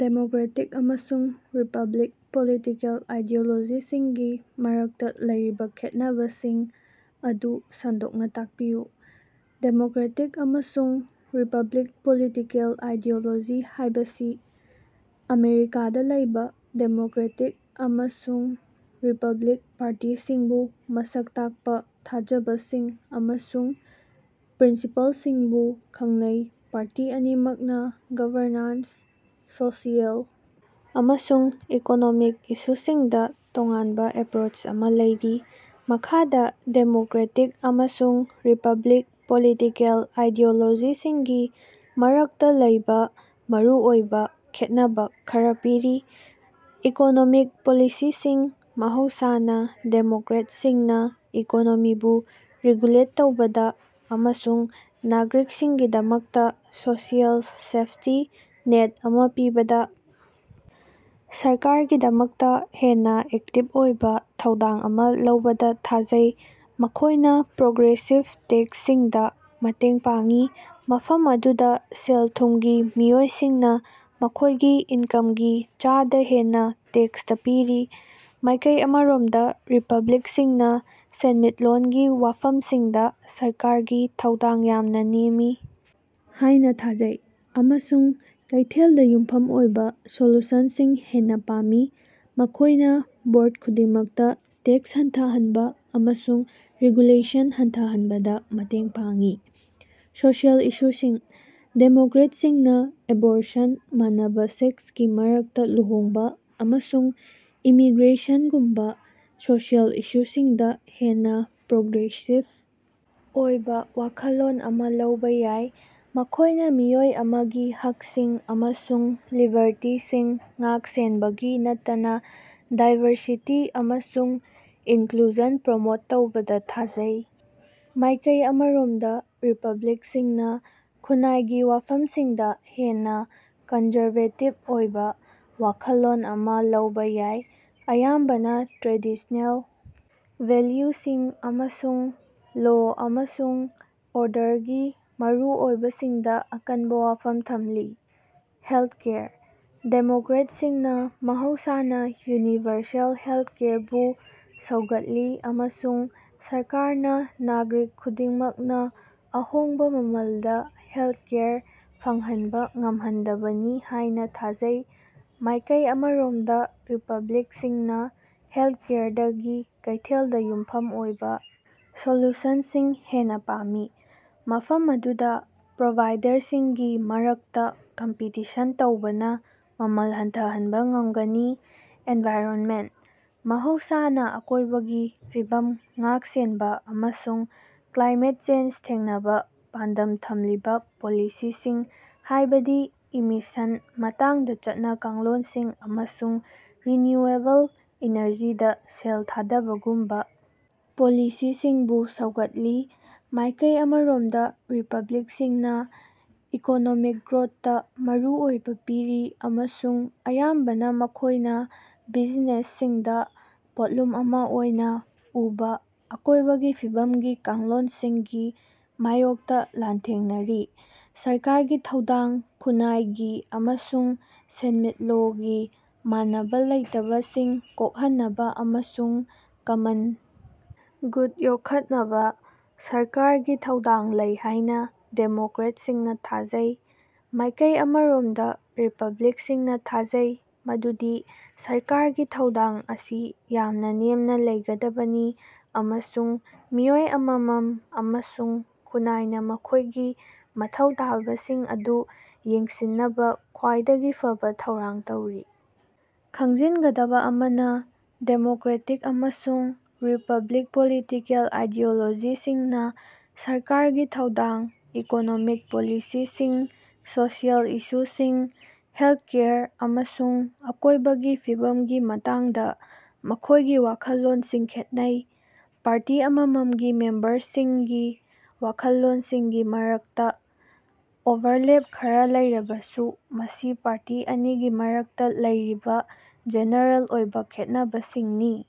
Democratic ꯑꯃꯁꯨꯡ republic political ꯑꯥꯏꯗꯤꯑꯣꯂꯣꯖꯤꯁꯤꯡꯒꯤ ꯃꯔꯛꯇꯥ ꯂꯩꯔꯤꯕꯥ ꯈꯦꯠꯅꯕꯁꯤꯡ ꯑꯗꯨ ꯁꯟꯗꯣꯛꯅꯥ ꯇꯥꯛꯄꯤꯌꯨ꯫ ꯗꯦꯃꯣꯀꯔꯦꯇꯤꯛ ꯑꯃꯁꯨꯡ ꯔꯤꯄꯕ꯭ꯂꯤꯛ ꯄꯣꯂꯤꯇꯤꯀꯦꯜ ꯑꯥꯏꯗꯤꯑꯣꯂꯣꯖꯤ ꯍꯥꯏꯕꯁꯤ ꯑꯃꯦꯔꯤꯀꯥꯗꯥ ꯂꯩꯕꯥ ꯗꯦꯃꯣꯀꯔꯦꯇꯤꯛ ꯑꯃꯁꯨꯡ ꯔꯤꯄꯕ꯭ꯂꯤꯛ ꯄꯥꯔꯇꯤꯁꯤꯡꯕꯨ ꯃꯁꯛ ꯇꯥꯛꯄꯥ ꯊꯥꯖꯕꯁꯤꯡ ꯑꯃꯁꯨꯡ ꯄ꯭ꯔꯤꯟꯁꯤꯄꯥꯜꯁꯤꯡꯕꯨ ꯈꯪꯅꯩ꯫ ꯄꯥꯔꯇꯤ ꯑꯅꯤꯃꯛꯅꯥ ꯒꯕꯔꯅꯥꯟꯁ, ꯁꯣꯁꯤꯑꯦꯜ, ꯑꯃꯁꯨꯡ ꯏꯀꯣꯅꯣꯃꯤꯛ ꯏꯁꯨꯁꯤꯡꯗꯥ ꯇꯣꯉꯥꯟꯕꯥ ꯑꯦꯞꯄꯔꯣꯆ ꯑꯃꯥ ꯂꯩꯔꯤ꯫ ꯃꯈꯥꯗꯥ ꯗꯦꯃꯣꯀꯔꯦꯇꯤꯛ ꯑꯃꯁꯨꯡ ꯔꯤꯄꯕ꯭ꯂꯤꯛ ꯄꯣꯂꯤꯇꯤꯀꯦꯜ ꯑꯥꯏꯗꯤꯑꯣꯂꯣꯖꯤꯁꯤꯡꯒꯤ ꯃꯔꯛꯇꯥ ꯂꯩꯕꯥ ꯃꯔꯨꯑꯣꯏꯕꯥ ꯈꯦꯠꯅꯕꯥ ꯈꯔꯥ ꯄꯤꯔꯤ: ꯏꯀꯣꯅꯣꯃꯤꯛ ꯄꯣꯂꯤꯁꯤꯁꯤꯡ: ꯃꯍꯧꯁꯥꯅꯥ ꯗꯦꯃꯣꯀꯔꯦꯠꯁꯤꯡꯅꯥ ꯏꯀꯣꯅꯣꯃꯤꯕꯨ ꯔꯤꯒꯨꯂꯦꯠ ꯇꯧꯕꯗꯥ ꯑꯃꯁꯨꯡ ꯅꯥꯒꯔꯤꯛꯁꯤꯡꯒꯤꯗꯃꯛꯇꯥ ꯁꯣꯁꯤꯑꯦꯜ ꯁꯦꯐꯇꯤ ꯅꯦꯠ ꯑꯃꯥ ꯄꯤꯕꯗꯥ ꯁꯔꯀꯥꯔꯒꯤꯗꯃꯛꯇꯥ ꯍꯦꯟꯅꯥ ꯑꯦꯛꯇꯤꯕ ꯑꯣꯏꯕꯥ ꯊꯧꯗꯥꯡ ꯑꯃꯥ ꯂꯧꯕꯗꯥ ꯊꯥꯖꯩ꯫ ꯃꯈꯣꯏꯅꯥ ꯄ꯭ꯔꯣꯒ꯭ꯔꯦꯁꯤꯚ ꯇꯦꯛꯁꯁꯤꯡꯗꯥ ꯃꯇꯦꯡ ꯄꯥꯡꯏ, ꯃꯐꯝ ꯑꯗꯨꯗꯥ ꯁꯦꯜ ꯊꯨꯝꯒꯤ ꯃꯤꯑꯣꯏꯁꯤꯡꯅꯥ ꯃꯈꯣꯏꯒꯤ ꯏꯟꯀꯝꯒꯤ ꯆꯥꯗꯥ ꯍꯦꯟꯅꯥ ꯇꯦꯛꯁꯇꯥ ꯄꯤꯔꯤ꯫ ꯃꯥꯏꯀꯩ ꯑꯃꯔꯣꯝꯗꯥ ꯔꯤꯄꯕ꯭ꯂꯤꯛꯁꯤꯡꯅꯥ ꯁꯦꯟꯃꯤꯠꯂꯣꯟꯒꯤ ꯋꯥꯐꯝꯁꯤꯡꯗꯥ ꯁꯔꯀꯥꯔꯒꯤ ꯊꯧꯗꯥꯡ ꯌꯥꯝꯅꯥ ꯅꯦꯝꯃꯤ ꯍꯥꯏꯅꯥ ꯊꯥꯖꯩ ꯑꯃꯁꯨꯡ ꯀꯩꯊꯦꯜꯗꯥ ꯌꯨꯝꯐꯝ ꯑꯣꯏꯕꯥ ꯁꯣꯂꯨꯁꯟꯁꯤꯡ ꯍꯦꯟꯅꯥ ꯄꯥꯝꯃꯤ꯫ ꯃꯈꯣꯏꯅꯥ ꯕꯣꯔꯗ ꯈꯨꯗꯤꯡꯃꯛꯇꯥ ꯇꯦꯛꯁ ꯍꯟꯊꯍꯟꯕꯥ ꯑꯃꯁꯨꯡ ꯔꯦꯒꯨꯂꯦꯁꯟ ꯍꯟꯊꯍꯟꯕꯗꯥ ꯃꯇꯦꯡ ꯄꯥꯡꯏ꯫ ꯁꯣꯁꯤꯑꯦꯜ ꯏꯁꯨꯁꯤꯡ: ꯗꯦꯃꯣꯀ꯭ꯔꯦꯠꯁꯤꯡꯅꯥ ꯑꯦꯕꯣꯔꯁꯟ, ꯃꯥꯟꯅꯕꯥ ꯁꯦꯛꯁꯀꯤ ꯃꯔꯛꯇꯥ ꯂꯨꯍꯣꯡꯕꯥ, ꯑꯃꯁꯨꯡ ꯏꯃꯤꯒ꯭ꯔꯦꯁꯟꯒꯨꯝꯕꯥ ꯁꯣꯁꯤꯑꯦꯜ ꯏꯁꯨꯁꯤꯡꯗꯥ ꯍꯦꯟꯅꯥ ꯄ꯭ꯔꯣꯒ꯭ꯔꯦꯁꯤꯚ ꯑꯣꯏꯕꯥ ꯋꯥꯈꯜꯂꯣꯟ ꯑꯃꯥ ꯂꯧꯕꯥ ꯌꯥꯏ꯫ ꯃꯈꯣꯏꯅꯥ ꯃꯤꯑꯣꯏ ꯑꯃꯒꯤ ꯍꯛꯁꯤꯡ ꯑꯃꯁꯨꯡ ꯂꯤꯕꯔꯇꯤꯁꯤꯡ ꯉꯥꯛ-ꯁꯦꯟꯕꯒꯤ ꯅꯠꯇꯅꯥ ꯗꯥꯏꯕꯔꯁꯤꯇꯤ ꯑꯃꯁꯨꯡ ꯏꯟꯀꯂꯨꯖꯟ ꯄ꯭ꯔꯃꯣꯠ ꯇꯧꯕꯗꯥ ꯊꯥꯖꯩ꯫ ꯃꯥꯏꯀꯩ ꯑꯃꯔꯣꯝꯗꯥ ꯔꯤꯄꯕ꯭ꯂꯤꯛꯁꯤꯡꯅꯥ ꯈꯨꯟꯅꯥꯏꯒꯤ ꯋꯥꯐꯝꯁꯤꯡꯗꯥ ꯍꯦꯟꯅꯥ ꯀꯟꯖꯔꯕꯦꯇꯤꯕ ꯑꯣꯏꯕꯥ ꯋꯥꯈꯜꯂꯣꯟ ꯑꯃꯥ ꯂꯧꯕꯥ ꯌꯥꯏ, ꯑꯌꯥꯝꯕꯅꯥ ꯇ꯭ꯔꯦꯗꯤꯁ꯭ꯅꯦꯜ ꯚꯦꯜꯌꯨꯁꯤꯡ ꯑꯃꯁꯨꯡ ꯂꯣ ꯑꯃꯁꯨꯡ ꯑꯣꯔꯗꯔꯒꯤ ꯃꯔꯨꯑꯣꯏꯕꯁꯤꯡꯗꯥ ꯑꯀꯟꯕꯥ ꯋꯥꯐꯝ ꯊꯝꯂꯤ꯫ ꯍꯦꯜꯊꯀꯦꯌꯔ: ꯗꯦꯃꯣꯀꯔꯦꯠꯁꯤꯡꯅꯥ ꯃꯍꯧꯁꯥꯅꯥ ꯌꯨꯅꯤꯚꯔꯁꯦꯜ ꯍꯦꯜꯊꯀꯦꯌꯔꯕꯨ ꯁꯧꯒꯠꯂꯤ ꯑꯃꯁꯨꯡ ꯁꯔꯀꯥꯔꯅꯥ ꯅꯥꯒꯔꯤꯛ ꯈꯨꯗꯤꯡꯃꯛꯅꯥ ꯑꯍꯣꯡꯕꯥ ꯃꯃꯜꯗꯥ ꯍꯦꯜꯊꯀꯦꯌꯔ ꯐꯪꯍꯟꯕꯥ ꯉꯝꯍꯟꯗꯕꯅꯤ ꯍꯥꯏꯅꯥ ꯊꯥꯖꯩ꯫ ꯃꯥꯏꯀꯩ ꯑꯃꯔꯣꯝꯗꯥ ꯔꯤꯄꯕ꯭ꯂꯤꯛꯁꯤꯡꯅꯥ ꯍꯦꯜꯊꯀꯦꯌꯔꯗꯒꯤ ꯀꯩꯊꯦꯜꯗꯥ ꯌꯨꯝꯐꯝ ꯑꯣꯏꯕꯥ ꯁꯣꯂꯨꯁꯟꯁꯤꯡ ꯍꯦꯟꯅꯥ ꯄꯥꯝꯃꯤ, ꯃꯐꯝ ꯑꯗꯨꯗꯥ ꯄ꯭ꯔꯣꯚꯥꯏꯗꯔꯁꯤꯡꯒꯤ ꯃꯔꯛꯇꯥ ꯀꯝꯄꯤꯇꯤꯁꯟ ꯇꯧꯕꯅꯥ ꯃꯃꯜ ꯍꯟꯊꯍꯟꯕꯥ ꯉꯝꯒꯅꯤ꯫ ꯑꯦꯟꯚꯥꯏꯔꯟꯃꯦꯟꯇ: ꯃꯍꯧꯁꯥꯅꯥ ꯑꯀꯣꯏꯕꯒꯤ ꯐꯤꯕꯝ ꯉꯥꯛ-ꯁꯦꯟꯕꯥ ꯑꯃꯁꯨꯡ ꯀ꯭ꯂꯥꯏꯃꯦꯠ ꯆꯦꯟꯖ ꯊꯦꯡꯅꯕꯥ ꯄꯥꯟꯗꯝ ꯊꯝꯂꯤꯕꯥ ꯄꯣꯂꯤꯁꯤꯁꯤꯡ, ꯍꯥꯏꯕꯗꯤ ꯏꯃꯤꯁꯁꯟ ꯃꯇꯥꯡꯗꯥ ꯆꯠꯅ-ꯀꯥꯡꯂꯣꯟꯁꯤꯡ ꯑꯃꯁꯨꯡ ꯔꯤꯅ꯭ꯌꯨꯑꯦꯕꯜ ꯏꯅꯔꯖꯤꯗꯥ ꯁꯦꯜ ꯊꯥꯗꯕꯒꯨꯝꯕꯥ ꯄꯣꯂꯤꯁꯤꯁꯤꯡꯕꯨ ꯁꯧꯒꯠꯂꯤ꯫ ꯃꯥꯏꯀꯩ ꯑꯃꯔꯣꯝꯗꯥ ꯔꯤꯄꯕ꯭ꯂꯤꯛꯁꯤꯡꯅꯥ ꯏꯀꯣꯅꯣꯃꯤꯛ ꯒ꯭ꯔꯣꯊꯇꯥ ꯃꯔꯨ ꯑꯣꯏꯕꯥ ꯄꯤꯔꯤ ꯑꯃꯁꯨꯡ ꯑꯌꯥꯝꯕꯅꯥ ꯃꯈꯣꯏꯅꯥ ꯕꯤꯖꯤꯅꯦꯁꯁꯤꯡꯗꯥ ꯄꯣꯠꯂꯨꯝ ꯑꯃꯥ ꯑꯣꯏꯅꯥ ꯎꯕꯥ ꯑꯀꯣꯏꯕꯒꯤ ꯐꯤꯕꯝꯒꯤ ꯀꯥꯡꯂꯣꯟꯁꯤꯡꯒꯤ ꯃꯥꯌꯣꯛꯇꯥ ꯂꯥꯟꯊꯦꯡꯅꯔꯤ꯫ ꯁꯔꯀꯥꯔꯒꯤ ꯊꯧꯗꯥꯡ: ꯈꯨꯟꯅꯥꯏꯒꯤ ꯑꯃꯁꯨꯡ ꯁꯦꯟꯃꯤꯠꯂꯣꯒꯤ ꯃꯥꯟꯅꯕꯥ ꯂꯩꯇꯕꯁꯤꯡ ꯀꯣꯛꯍꯟꯅꯕꯥ ꯑꯃꯁꯨꯡ ꯀꯃꯟ ꯒꯨꯗ ꯌꯣꯛꯈꯠꯅꯕꯥ ꯁꯔꯀꯥꯔꯒꯤ ꯊꯧꯗꯥꯡ ꯂꯩ ꯍꯥꯏꯅꯥ ꯗꯦꯃꯣꯀꯔꯦꯠꯁꯤꯡꯅꯥ ꯊꯥꯖꯩ꯫ ꯃꯥꯏꯀꯩ ꯑꯃꯔꯣꯝꯗꯥ ꯔꯤꯄꯕ꯭ꯂꯤꯛꯁꯤꯡꯅꯥ ꯊꯥꯖꯩ ꯃꯗꯨꯗꯤ ꯁꯔꯀꯥꯔꯒꯤ ꯊꯧꯗꯥꯡ ꯑꯁꯤ ꯌꯥꯝꯅꯥ ꯅꯦꯝꯅꯥ ꯂꯩꯒꯗꯕꯅꯤ, ꯑꯃꯁꯨꯡ ꯃꯤꯑꯣꯏ ꯑꯃꯃꯝ ꯑꯃꯁꯨꯡ ꯈꯨꯟꯅꯥꯏꯅꯥ ꯃꯈꯣꯏꯒꯤ ꯃꯊꯧ ꯇꯥꯕꯁꯤꯡ ꯑꯗꯨ ꯌꯦꯡꯁꯤꯟꯅꯕꯥ ꯈ꯭ꯋꯥꯏꯗꯒꯤ ꯐꯕꯥ ꯊꯧꯔꯥꯡ ꯇꯧꯔꯤ꯫ ꯈꯪꯖꯤꯟꯒꯗꯕꯥ ꯑꯃꯅꯥ, ꯗꯦꯃꯣꯀꯔꯦꯇꯤꯛ ꯑꯃꯁꯨꯡ ꯔꯤꯄꯕ꯭ꯂꯤꯛ ꯄꯣꯂꯤꯇꯤꯀꯦꯜ ꯑꯥꯏꯗꯤꯑꯣꯂꯣꯖꯤꯁꯤꯡꯅꯥ ꯁꯔꯀꯥꯔꯒꯤ ꯊꯧꯗꯥꯡ, ꯏꯀꯣꯅꯣꯃꯤꯛ ꯄꯣꯂꯤꯁꯤꯁꯤꯡ, ꯁꯣꯁꯤꯑꯦꯜ ꯏꯁꯨꯁꯤꯡ, ꯍꯦꯜꯊꯀꯦꯌꯔ, ꯑꯃꯁꯨꯡ ꯑꯀꯣꯏꯕꯒꯤ ꯐꯤꯕꯝꯒꯤ ꯃꯇꯥꯡꯗꯥ ꯃꯈꯣꯏꯒꯤ ꯋꯥꯈꯜꯂꯣꯟꯁꯤꯡ ꯈꯦꯠꯅꯩ꯫ ꯄꯥꯔꯇꯤ ꯑꯃꯃꯝꯒꯤ ꯃꯦꯝꯕꯔꯁꯤꯡꯒꯤ ꯋꯥꯈꯜꯂꯣꯟꯁꯤꯡꯒꯤ ꯃꯔꯛꯇꯥ ꯑꯣꯚꯔꯂꯦꯞ ꯈꯔꯥ ꯂꯩꯔꯕꯁꯨ, ꯃꯁꯤ ꯄꯥꯔꯇꯤ ꯑꯅꯤꯒꯤ ꯃꯔꯛꯇꯥ ꯂꯩꯔꯤꯕꯥ ꯖꯦꯅꯔꯦꯜ ꯑꯣꯏꯕꯥ ꯈꯦꯠꯅꯕꯁꯤꯡꯅꯤ꯫